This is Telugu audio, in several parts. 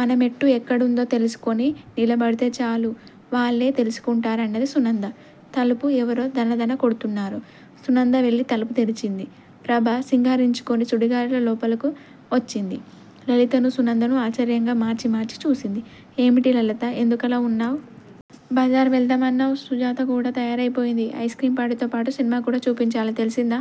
మనమెట్టు ఎక్కడుందో తెలుసుకొని నిలబడితే చాలు. వాళ్ళే తెలుసుకుంటారు అన్నది సునంద. తలుపు ఎవరో ధన ధన కొడుతున్నారు. సునంద వెళ్ళి తలుపు తెరిచింది. ప్రభ సింగారించుకొని సుడిగాలిలా లోపలకు వచ్చింది. లలితనూ, సునందనూ ఆశ్చర్యంగా మార్చి మార్చి చూసింది. ఏమిటి లలితా? ఎందుకలా వున్నావ్? బజారు వెళ్దామన్నావ్? సుజాత కూడ తయారై పోయింది. ఐస్ క్రీం పార్టీతోపాటు సినిమాకూడా చూపించాలి తెలిసిందా!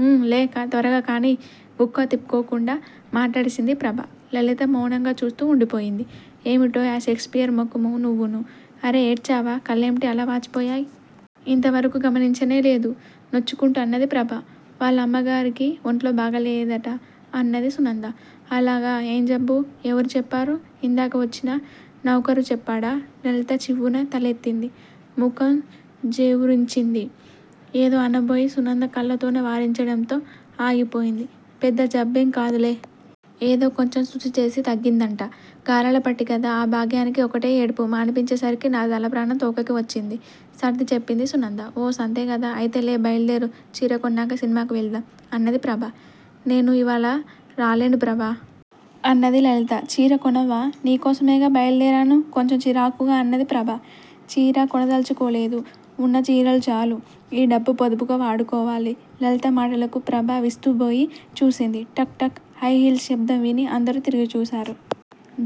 ఊ! లే! త్వరగా కానియ్! గుక్కతిప్పుకోకుండా మాట్లాడేసింది ప్రభ. లలిత మౌనంగా చూస్తూ వుండిపోయింది. ఏమిటోయ్ ఆ షేక్స్ పియర్ ముఖమూ నువ్వునూ! అరే ఏడ్చావా? కళ్ళేమిటి అలా వాచిపోయాయ్? ఇంతవరకూ గమనించనేలేదు? నొచ్చుకుంటూ అన్నది ప్రభ. వాళ్ళ అమ్మగారికి వంట్లో బాగాలేదట అన్నది సునంద. అలాగా? ఏం జబ్బు? ఎవరు చెప్పారు? ఇందాక వచ్చిన నౌకరు చెప్పాడా? లలిత చివ్వున తలెత్తింది. ముఖం జేవురించింది. ఏదో అనబోయి సునంద కళ్ళతోనే వారించడంతో ఆగిపోయింది. పెద్ద జబ్బేం కాదులే. ఏదో కొంచెం సుస్తీ చేసి తగ్గిందట. గారాలపట్టి గదా! ఆ భాగ్యానికే ఒకటే ఏడుపు. మానిపించే సరికి నా తలప్రాణం తోకకి వచ్చింది సర్ది చెప్పింది సునంద. ఓస్ అంతేగదా! అయితే లే బయలుదేరు. చీర కొన్నాక సినిమాకు వెళ్దాం! అన్నది ప్రభ. నేను ఇవ్వాళ రాలేను ప్రభా! అన్నది లలిత. చీర కొనవా? నీ కోసమేగా బయలుదేరాను? కొంచెం చిరాకుగా అన్నది ప్రభ. చీర కొనదల్చుకోలేదు. వున్న చీరలు చాలు. ఈ డబ్బు పొదుపుగా వాడుకోవాలి. లలిత మాటలకు ప్రభ విస్తుబోయి చూసింది. టక్ టక్ హైహీల్స్ శబ్దం విని అందరూ తిరిగి చూశారు.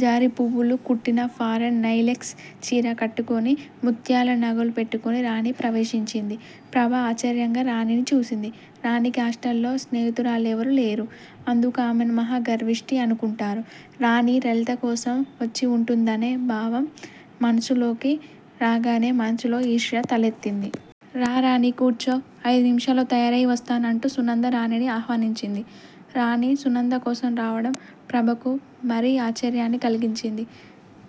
జారీ పువ్వులు కుట్టిన ఫారెన్ నై లెక్స్ చీర కట్టుకొని, ముత్యాల నగలు పెట్టుకొని రాణి ప్రవేశించింది. ప్రభ ఆశ్చర్యంగా రాణీని చూసింది. రాణీకి హాస్టల్లో స్నేహితురాళ్లెవరూ లేరు. అందరూ ఆమెను మహా గర్విష్టి అనుకుంటారు. రాణీ లలితకోసం వచ్చివుంటుందనే భావం మనసులోకి రాగానే మనసులో ఈర్ష్య తలెత్తింది. రా! రాణీ? కూర్చో! ఐదు నిముషాల్లో తయారై వస్తాను అంటూ సునంద రాణీని ఆహ్వానించింది. రాణి సునంద కోసం రావడం ప్రభకు మరీ ఆశ్చర్యాన్ని కలిగించింది.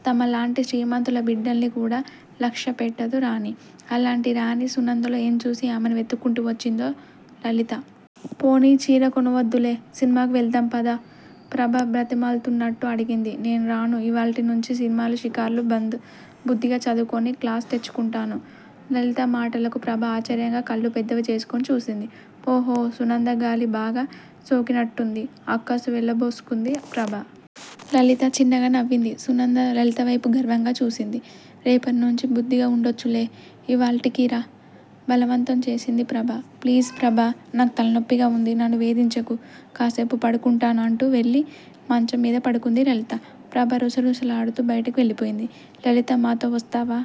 తమలాంటి శ్రీమంతుల బిడ్డల్ని కూడా లక్ష్యపెట్టదు రాణి. అలాంటి రాణి సునందలో ఏంచూసి ఆమెను వెతుక్కుంటూ వచ్చిందో? లలితా! పోనియ్ చీర కొనవద్దులే సినిమాకు వెళ్దాం పద! ప్రభ బ్రతిమాలుతున్నట్టు అడిగింది. నేను రాను! ఇవ్వాల్టినుంచి సినిమాలు, షికార్లూ బంద్. బుద్ధిగా చదువుకొని క్లాసు తెచ్చుకుంటాను. లలిత మాటలకు ప్రభ ఆశ్చర్యంగా కళ్ళు పెద్దవి చేసుకొని చూసింది. ఓహో! సునంద గాలి బాగా సోకినట్టుంది! అక్కసు వెళ్ళబోసుకుంది ప్రభ. లలిత చిన్నగా నవ్వింది. సునంద లలితవైపు గర్వంగా చూసింది. రేపటినుంచి బుద్ధిగా వుండొచ్చులే ఇవ్వాల్టికిరా! బలవంతం చేసింది ప్రభ. ప్లీజ్ ప్రభా! నాకు తలనొప్పిగా వుంది. నన్ను వేధించకు. కాసేపు పడుకుంటాను అంటూవెళ్ళి మంచం మీద పడుకుంది లలిత. ప్రభ రుసరుసలాడుతూ బయటికి వెళ్ళిపోయింది. లలితా మాతో వస్తావా?